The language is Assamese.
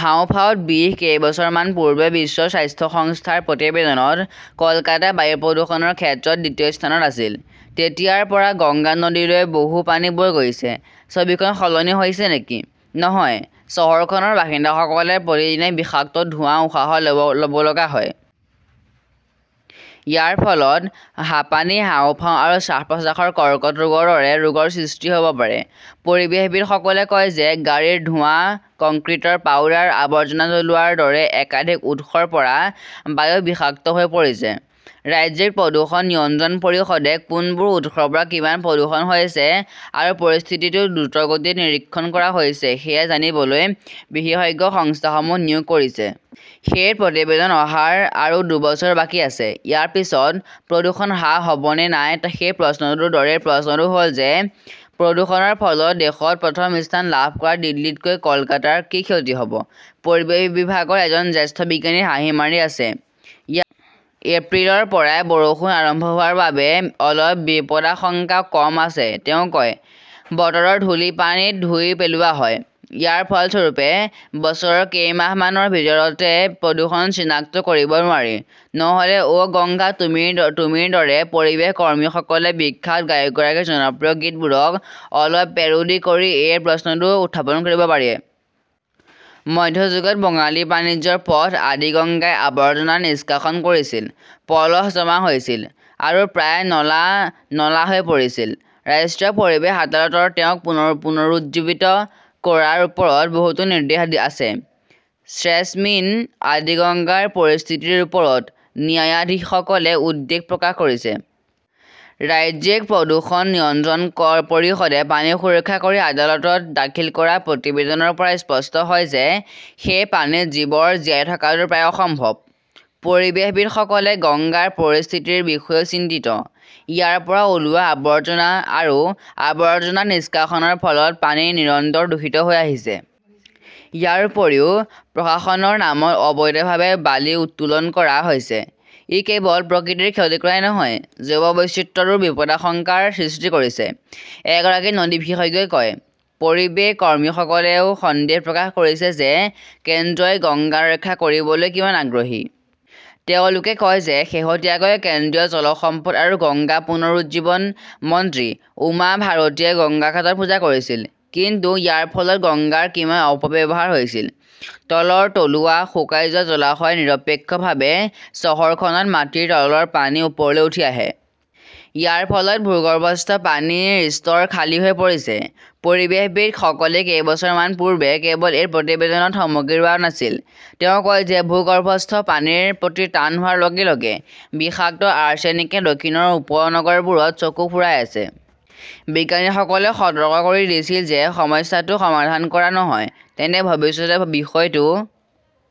হাঁওফাঁওত বিষ কেইবছৰমান পূৰ্বে বিশ্ব স্বাস্থ্য সংস্থাৰ প্ৰতিবেদনত কলকাতা বায়ু প্ৰদূষণৰ ক্ষেত্ৰত দ্বিতীয় স্থানত আছিল। তেতিয়াৰ পৰা গংগা নদীলৈ বহু পানী বৈ গৈছে। ছবিখন সলনি হৈছে নেকি? নহয়, চহৰখনৰ বাসিন্দাসকলে প্ৰতিদিনে বিষাক্ত ধোঁৱা উশাহত লব লগা হয়। ইয়াৰ ফলত হাঁপানি, হাঁওফাঁও আৰু শ্বাস-প্ৰশ্বাসৰ কৰ্কট ৰোগৰ দৰে ৰোগৰ সৃষ্টি হব পাৰে। পৰিৱেশবিদ সকলে কয় যে, গাড়ীৰ ধোঁৱা, কংক্ৰিটৰ পাউডাৰ, আৱৰ্জনা জ্বলোৱাৰ দৰে একাধিক উৎসৰ পৰা বায়ু বিষাক্ত হৈ পৰিছে। ৰাজ্যিক প্ৰদূষণ নিয়ন্ত্ৰণ পৰিষদে কোনবোৰ উৎসৰ পৰা কিমান প্ৰদূষণ হৈছে আৰু পৰিস্থিতিটো দ্ৰুতগতিত নিৰীক্ষণ কৰা হৈছে সেয়া জানিবলৈ বিশেষজ্ঞ সংস্থাসমূহ নিয়োগ কৰিছে। সেই প্ৰতিবেদন অহাৰ আৰু দুবছৰ বাকী আছে। ইয়াৰ পিছত প্ৰদূষণ হ্ৰাস হব নে নাই সেই প্ৰশ্নটোৰ দৰেই প্ৰশ্নটো হল যে, প্ৰদূষণৰ ফলত দেশত প্ৰথম স্থান লাভ কৰা দিল্লীতকৈ কলকাতাৰ কি ক্ষতি হব? পৰিৱেশ বিভাগৰ এজন জ্যেষ্ঠ বিজ্ঞানীয়ে হাঁহি মাৰি আছে। ইয়াত এপ্ৰিলৰ পৰাই বৰষুণ আৰম্ভ হোৱাৰ বাবে অলপ বিপদাশংকা কম আছে, তেওঁ কয়। বতৰৰ ধূলি পানীত ধুই পেলোৱা হয়। ইয়াৰ ফলস্বৰূপে বছৰৰ কেইমাহমানৰ ভিতৰতে প্ৰদূষণ চিনাক্ত কৰিব নোৱাৰি। নহলে অ'গংগা তুমিৰ দৰে পৰিৱেশ কৰ্মীসকলে বিখ্যাত গায়কগৰাকীৰ জনপ্ৰিয় গীতবোৰক অলপ পেৰোডি কৰি এই প্ৰশ্নটো উত্থাপন কৰিব পাৰে। মধ্যযুগত বঙালী বাণিজ্যৰ পথ আদিগংগাই আবৰ্জনা নিষ্কাশন কৰিছিল, পলস জমা হৈছিল আৰু প্ৰায় নলা-নলা হৈ পৰিছিল। ৰাষ্ট্ৰীয় পৰিৱেশ আদালতৰ তেওঁক পুনৰুজ্জীৱিত কৰাৰ ওপৰত বহুতো নিৰ্দেশ আছে। শ্ৰেজমিন আদিগঙ্গাৰ পৰিস্থিতিৰ ওপৰত ন্যায়াধীশসকলে উদ্বেগ প্ৰকাশ কৰিছে। ৰাজ্যিক প্ৰদূষণ নিয়ন্ত্ৰণ পৰিষদে পানী পৰীক্ষা কৰি আদালতত দাখিল কৰা প্ৰতিবেদনৰ পৰা স্পষ্ট হয় যে সেই পানীত জীৱৰ জীয়াই থকাটো প্ৰায় অসম্ভৱ। পৰিৱেশবিদ সকলে গংগাৰ পৰিস্থিতিৰ বিষয়েও চিন্তিত। ইয়াৰ পৰা ওলোৱা আৱৰ্জনা আৰু আৱৰ্জনা নিষ্কাশনৰ ফলত পানী নিৰন্তৰ দূষিত হৈ আহিছে। ইয়াৰ উপৰিও প্ৰশাসনৰ নামত অবৈধভাৱে বালি উত্তোলন কৰা হৈছে। ই কেৱল প্ৰকৃতিৰ ক্ষতি কৰাই নহয়, জৈৱ বৈচিত্ৰ্যৰো বিপদাশংকাৰ সৃষ্টি কৰিছে, এগৰাকী নদী বিশেষজ্ঞই কয়। পৰিৱেশ কৰ্মীসকলেও সন্দেহ প্ৰকাশ কৰিছে যে কেন্দ্ৰই গংগা ৰক্ষা কৰিবলৈ কিমান আগ্ৰহী? তেওঁলোকে কয় যে শেহতীয়াকৈ কেন্দ্ৰীয় জল সম্পদ আৰু গংগা পুনৰুজ্জীৱন মন্ত্ৰী উমা ভাৰতীয়ে গংগা ঘাটত পূজা কৰিছিল। কিন্তু ইয়াৰ ফলত গংগাৰ কিমান অপব্যৱহাৰ হৈছিল? তলৰ তলুৱা, শুকাই যোৱা জলাশয় নিৰপেক্ষভাৱে চহৰখনত মাটিৰ তলৰ পানী ওপৰলৈ উঠি আছে। ইয়াৰ ফলত ভূগৰ্ভস্থ পানীৰ স্তৰ খালী হৈ পৰিছে। পৰিৱেশবিদ সকলে কেইবছৰমান পূৰ্বে কেৱল এই প্ৰতিবেদনত থমকি ৰোৱা নাছিল। তেওঁ কয় যে ভূগৰ্ভস্থ পানীৰ প্ৰতি টান হোৱাৰ লগে লগে বিষাক্ত আৰ্ছেনিকে দক্ষিণৰ উপনগৰবোৰত চকু ফুৰাই আছে। বিজ্ঞানীসকলে সতৰ্ক কৰি দিছিল যে যদি সমস্যাটো সমাধান কৰা নহয় তেন্তে ভৱিষ্যতে বিষয়টো--